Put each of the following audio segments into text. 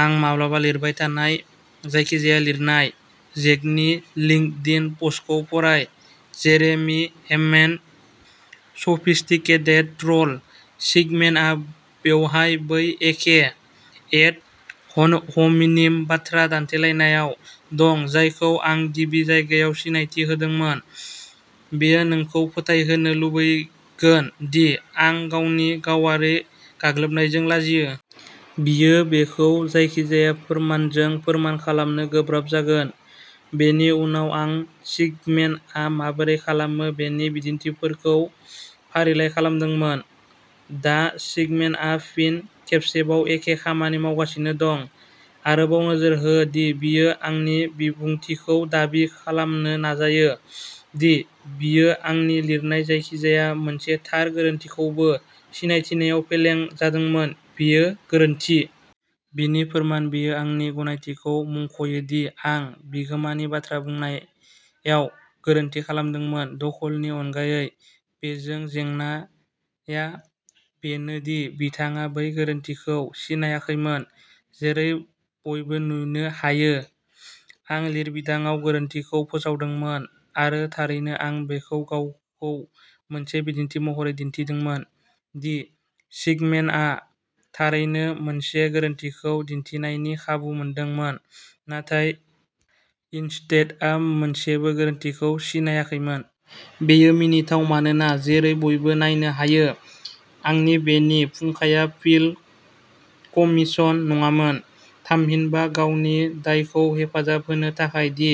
आं माब्लाबा लिरबाय थानाय जायखिजाया लिरनाय। जेकनि लिंकडिन पस्टखौ फराय जेरेमि हेमन्ड सफिस्टिकेटेड ट्रल। सिगमेनआ बेवहाय बै एखे एड ह'मिनिम बाथ्रा दान्थेलायनायाव दं जायखौ आं गिबि जायगायाव सिनायथि होदोंमोन। बियो नोंखौ फोथायहोनो लुबैगोन दि आं गावनि गावारि गाग्लोबनायजों लाजियो। बियो बेखौ जायखिजाया फोरमानजों फोरमान खालामनो गोब्राब जागोन। बेनि उनाव आं सिगमेनआ माबोरै खालामो बेनि बिदिन्थिफोरखौ फारिलाइ खालामदोंमोन। दा सिगमेनआ फिन खेबसेबाव एखे खामानि मावगासिनो दं। आरोबाव नोजोर हो दि बियो आंनि बिबुंथिखौ दाबि खालामनो नाजायो दि बियो आंनि लिरनाय जायखिजाया मोनसे थार गोरोन्थिखौबो सिनायथिनायाव फेलें जादोंमोन, बेयो गोरोन्थि। बिनि फोरमान बेयो आंनि गनायथिखौ मुंख'यो दि आं बिगोमानि बाथ्रा बुंनायाव गोरोन्थि खालामदोंमोन, दखलनि अनगायै बेजों जेंनाया बेनो दि बिथाङा बै गोरोन्थिखौ सिनायाखैमोन, जेरै बयबो नुनो हायो। आं लिरबिदांआव गोरोन्थिखौ फोसावदोंमोन, आरो थारैनो आं बेखौ गावखौ मोनसे बिदिन्थि महरै दिन्थिदोंमोन दि सिगमेनआ थारैनो मोनसे गोरोन्थिखौ दिन्थिनायनि खाबु मोनदोंमोन, नाथाय इनस्टेडआ मोनसेबो गोरोन्थिखौ सिनायाखैमोन। बेयो मिनिथाव मानोना, जेरै बयबो नायनो हायो, आंनि बेनि फुंखाया पिल कमिशन नङामोन। थामहिनबा, गावनि दायखौ हेफाजाब होनो थाखाय दि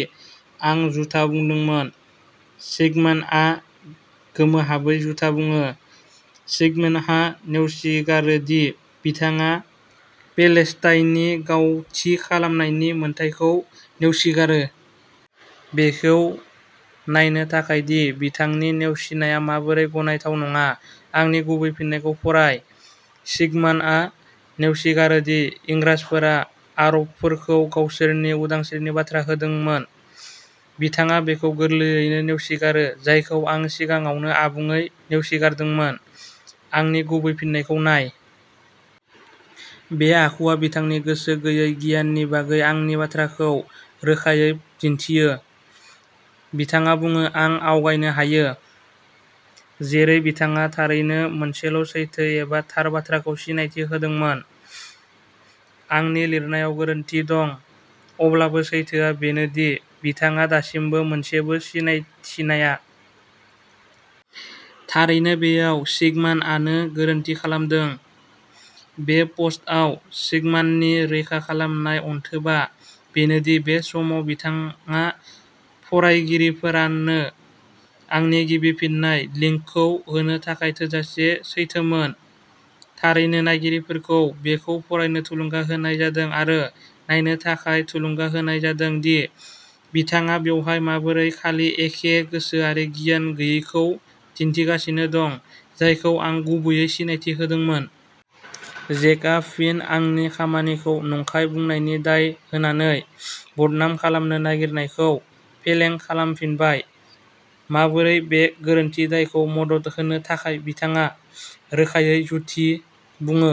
आं जुथा बुंदोंमोन, सिगमानआ गोमोहाबै जुथा बुङो। सिगमानआ नेवसिगारो दि बिथाङा पेलेस्टाइननि गाव थि खालामनायनि मोनथायखौ नेवसिगारो। बेखौ नायनो थाखाय दि बिथांनि नेवसिनाया माबोरै गनायथाव नङा, आंनि गुबै फिननायखौ फराय। सिगमानआ नेवसिगारो दि इंराजफोरा आरबफोरखौ गावसोरनि उदांस्रिनि बाथ्रा होदोंमोन। बिथाङा बेखौ गोरलैयैनो नेवसिगारो जायखौ आं सिगाङावनो आबुङै नेवसिगारदोंमोन। आंनि गुबै फिननायखौ नाय। बे आखुआ बिथांनि गोसो गैयै गियाननि बागै आंनि बाथ्राखौ रोखायै दिन्थियो। बिथाङा बुङो "आं आवगायनो हायो" जेरै बिथाङा थारैनो मोनसेल' सैथो एबा थार बाथ्राखौ सिनायथि होदोंमोन। आंनि लिरनायाव गोरोन्थि दं, अब्लाबो सैथोआ बेनो दि बिथाङा दासिमबो मोनसेबो सिनायथिनाया। थारैनो बेयाव सिगमानानो गोरोन्थि खालामदों। बे पस्टआव सिगमाननि रैखा खालामनाय अनथोबा बेनोदि बे समाव बिथाङा फरायगिरिफोरानो आंनि गिबि फिननाय लिंकखौ होनो थाखाय थोजासे सैथोमोन। थारैनो, नायगिरिफोरखौ बेखौ फरायनो थुलुंगा होनाय जादों आरो नायनो थाखाय थुलुंगा होनाय जादों दि बिथाङा बेवहाय माबोरै खालि एखे गोसोआरि गियान गैयैखौ दिन्थिगासिनो दं जायखौ आं गुबैयै सिनायथि होदोंमोन। जेकआ फिन आंनि खामानिखौ नंखाय बुंनायनि दाय होनानै बदनाम खालामनो नागिरनायखौ फेलें खालामफिनबाय। माबोरै बे गोरोन्थि दायखौ मदद होनो थाखाय, बिथाङा रोखायै जुथि बुङो।